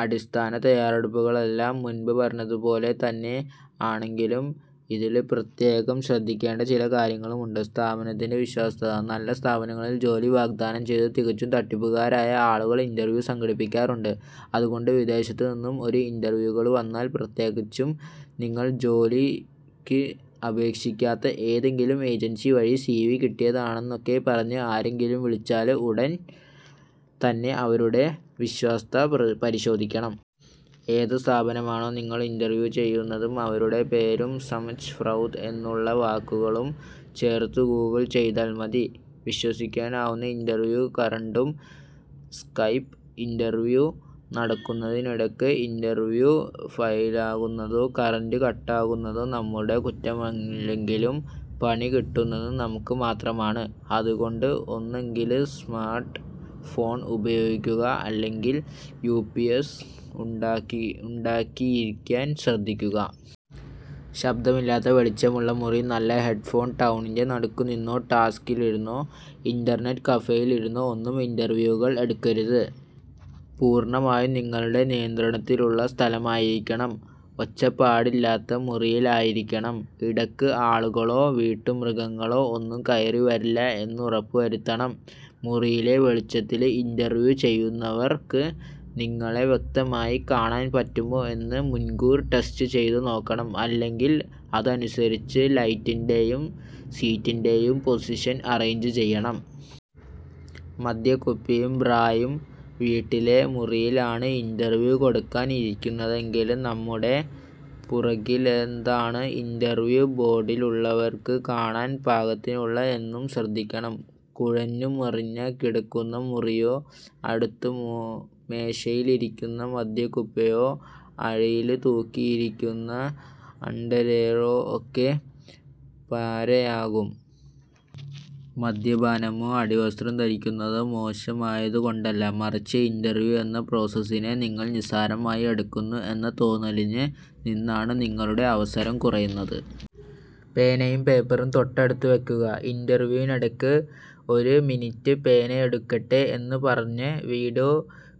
അടിസ്ഥാന തയ്യാറെടുപ്പുകളെല്ലാം മുന്പ് പറഞ്ഞത് പോലെ തന്നെ ആണെങ്കിലും ഇതില് പ്രത്യേകം ശ്രദ്ധിക്കേണ്ട ചില കാര്യങ്ങളുമുണ്ട്.. സ്ഥാപനത്തിന്റെ വിശ്വാസ്യത:നല്ല സ്ഥാപനങ്ങളില് ജോലി വാഗ്ദാനം ചെയ്ത് തികച്ചും തട്ടിപ്പുകാരായ ആളുകള് ഇന്റര്വ്യൂ സംഘടിപ്പിക്കാറുണ്ട്. അതുകൊണ്ട് വിദേശത്തു നിന്നും ഒരു ഇന്റര്വ്യൂ കാള് വന്നാല്, പ്രത്യേകിച്ചും നിങ്ങള് ജോലിക്ക് അപേക്ഷിക്കാതെ, ഏതെങ്കിലും ഏജന്സി വഴി സിവി കിട്ടിയായതാണെന്നൊക്ക പറഞ്ഞ് ആരെങ്കിലും വിളിച്ചാല് ഉടന് തന്നെ അവരുടെ വിശ്വാസ്യത പരിശോധിക്കണം. ഏത് സ്ഥാപനമാണോ നിങ്ങളെ ഇന്റര്വ്യൂ ചെയ്യുന്നത് അവരുടെ പേരും സ്ചമ് ഫ്രൌദ് എന്നുള്ള വാക്കുകളും ചേര്ത്ത് ഗൂഗിള് ചെയ്താല് മതി.. വിശ്വസിക്കാവുന്ന ഇന്റര്നെറ്റും കറണ്ടും:സ്കൈപ് ഇന്റര്വ്യൂ നടക്കുന്നതിനിടക്ക് ഇന്റര്നെറ്റ് ഫെയിലാകുന്നതോ കറന്റ് കട്ടാകുന്നതോ നമ്മുടെ കുറ്റമല്ലെങ്കിലും 'പണി കിട്ടുന്നത്' നമുക്ക് മാത്രമാണ്. അതുകൊണ്ട് ഒന്നുകില് സ്മാര്ട്ട് ഫോണ് ഉപയോഗിക്കുക, അല്ലെങ്കില് യുപിഎസ് ഉണ്ടായിരിക്കാന് ശ്രദ്ധിക്കുക.. ശബ്ദമില്ലാത്ത വെളിച്ചമുള്ള മുറി, നല്ല ഹെഡ് ഫോണ്:ടൗണിന്റെ നടുക്കുനിന്നോ ടാക്സിയിലിരുന്നോ, ഇന്റര്നെറ്റ് കഫെയില് ഇരുന്നോ ഒന്നും ഇന്റര്വ്യൂ കാള് എടുക്കരുത്. പൂര്ണ്ണമായും നിങ്ങളുടെ നിയന്ത്രണത്തിലുള്ള സ്ഥലമായിരിക്കണം, ഒച്ചപ്പാടിലാത്ത മുറിയായിരിക്കണം, ഇടക്ക് ആളുകളോ വീട്ടുമൃഗങ്ങളോ ഒന്നും കയറിവരില്ല എന്നുറപ്പും വരുത്തണം.. മുറിയിലെ വെളിച്ചത്തില് ഇന്റര്വ്യൂ ചെയ്യുന്നവര്ക്ക് നിങ്ങളെ വ്യക്തമായി കാണാന് പറ്റുമോ എന്ന് മുന്കൂര് ടെസ്റ്റ് ചെയ്തു നോക്കണം, അല്ലെങ്കില് അതനുസരിച്ച് ലൈറ്റിന്റെയും സീറ്റിന്റെയും പൊസിഷന് അറേഞ്ച് ചെയ്യണം.. മദ്യക്കുപ്പിയും ബ്രായും:വീട്ടിലെ മുറിയിലാണ് ഇന്റര്വ്യൂ കൊടുക്കാന് ഇരിക്കുന്നതെങ്കില് നമ്മുടെ പുറകിലെന്താണ് ഇന്റര്വ്യൂ ബോര്ഡിലുള്ളവര്ക്ക് കാണാന് പാകത്തിനുള്ളത് എന്നു ശ്രദ്ധിക്കണം. കുഴഞ്ഞുമറിഞ്ഞു കിടക്കുന്ന മുറിയോ, അടുത്ത മേശയിലിരിക്കുന്ന മദ്യക്കുപ്പിയോ, അഴയില് തൂക്കിയിട്ടിരിക്കുന്ന അണ്ടര്വെയറോ ഒക്കെ പാരയാകും. മദ്യപാനമോ അടിവസ്ത്രം ധരിക്കുന്നതോ മോശമായതുകൊണ്ടല്ല, മറിച്ച് ഇന്റര്വ്യൂ എന്ന പ്രോസസിനെ നിങ്ങള് നിസ്സാരമായി എടുക്കുന്നു എന്ന തോന്നലില് നിന്നാണ് നിങ്ങളുടെ അവസരം കുറയുന്നത്.. പേനയും പേപ്പറും തൊട്ടടുത്ത് വെക്കുക:ഇന്റര്വ്യൂവിനിടക്ക് ഒരു മിനിറ്റ്, പേനയെടുക്കട്ടെ, എന്നുപറഞ്ഞ് വീഡിയോ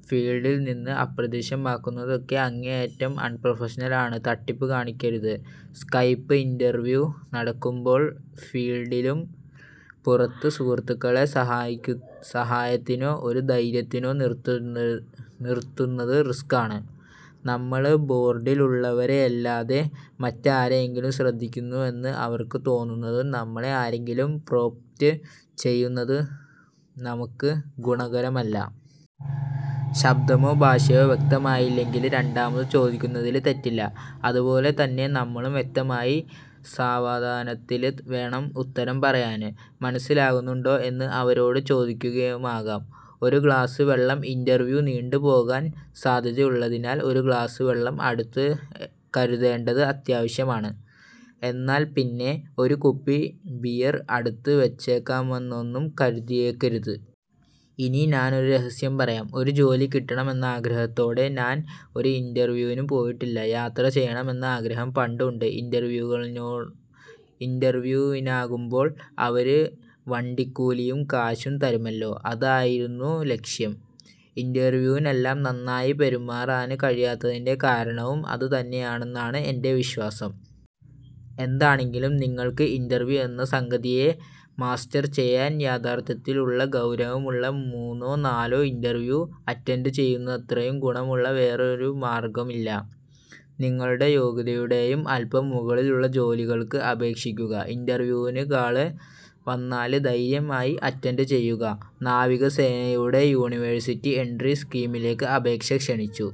ഫീല്ഡില് നിന്ന് അപ്രത്യക്ഷമാകുന്നതൊക്കെ അങ്ങേയറ്റം അണ്പ്രൊഫഷണലാണ്.. തട്ടിപ്പ് കാണിക്കരുത്:സ്കൈപ്പ് ഇന്റര്വ്യൂ നടക്കുമ്പോള് ഫീല്ഡിനു പുറത്ത് സുഹൃത്തുക്കളെ സഹായത്തിനോ ഒരു ധൈര്യത്തിനോ നിര്ത്തുന്നത് റിസ്ക്കാണ്. നമ്മള് ബോര്ഡിലുള്ളവരെയല്ലാതെ മറ്റാരെയെങ്കിലും ശ്രദ്ധിക്കുന്നുവെന്ന് അവര്ക്ക് തോന്നുന്നതും നമ്മളെ ആരെങ്കിലും പ്രോംപ്റ്റ് ചെയ്യുന്നതും നമുക്ക് ഗുണകരമാകില്ല. ശബ്ദമോ ഭാഷയോ വ്യക്തമായില്ലെങ്കില് രണ്ടാമത് ചോദിക്കുന്നതില് തെറ്റില്ല. അതുപോലെതന്നെ നമ്മളും വ്യക്തമായി സാവധാനത്തില് വേണം ഉത്തരം പറയാന്. മനസ്സിലാകുന്നുണ്ടോ എന്ന് അവരോട് ചോദിക്കുകയുമാകാം.. ഒരു ഗ്ലാസ് വെള്ളം:ഇന്റര്വ്യൂ നീണ്ടുപോകാന് സാധ്യതയുള്ളതിനാല് ഒരു ഗ്ലാസ് വെള്ളം അടുത്തു കരുതേണ്ടത് അത്യാവശ്യമാണ്. എന്നാല്പ്പിന്നെ ഒരു കുപ്പി ബിയര് അടുത്ത് വെച്ചേക്കാമെന്നൊന്നും കരുതിയേക്കരുത്. ഇനി ഞാനൊരു രഹസ്യം പറയാം. ഒരു ജോലി കിട്ടണം എന്ന ആഗ്രഹത്തോടെ ഞാന് ഒരു ഇന്റര്വ്യൂവിനും പോയിട്ടില്ല. യാത്ര ചെയ്യണം എന്ന ആഗ്രഹം പണ്ടേ ഉണ്ട്. ഇന്റര്വ്യൂവിനാകുമ്പോള് അവര് വണ്ടിക്കൂലിയും കാശും തരുമല്ലോ, അതായിരുന്നു ലക്ഷ്യം. ഇന്റര്വ്യൂവിനെല്ലാം നന്നായി പെരുമാറാന് കഴിഞ്ഞതിന്റെ കാരണവും അത് തന്നെയാണെന്നാണ് എന്റെ വിശ്വാസം. എന്താണെങ്കിലും നിങ്ങള്ക്ക് ഇന്റര്വ്യൂ എന്ന സംഗതിയെ മാസ്റ്റര് ചെയ്യാന് യഥാര്ത്ഥത്തിലുള്ള, ഗൗരവമുള്ള മൂന്നോ നാലോ ഇന്റര്വ്യൂ അറ്റന്ഡ് ചെയ്യുന്നത്രയും ഗുണമുള്ള വേറൊരു മാര്ഗ്ഗമില്ല. നിങ്ങളുടെ യോഗ്യതയുടെയും അല്പം മുകളിലുള്ള ജോലികള്ക്ക് അപേക്ഷിക്കുക, ഇന്റര്വ്യൂവിന് കാള് വന്നാല് ധൈര്യമായി അറ്റന്ഡ് ചെയ്യുക. നാവികസേനയുടെ യൂണിവേഴ്സിറ്റി എന്ട്രി സ്കീമിലേക്ക് അപേക്ഷ ക്ഷണിച്ചു.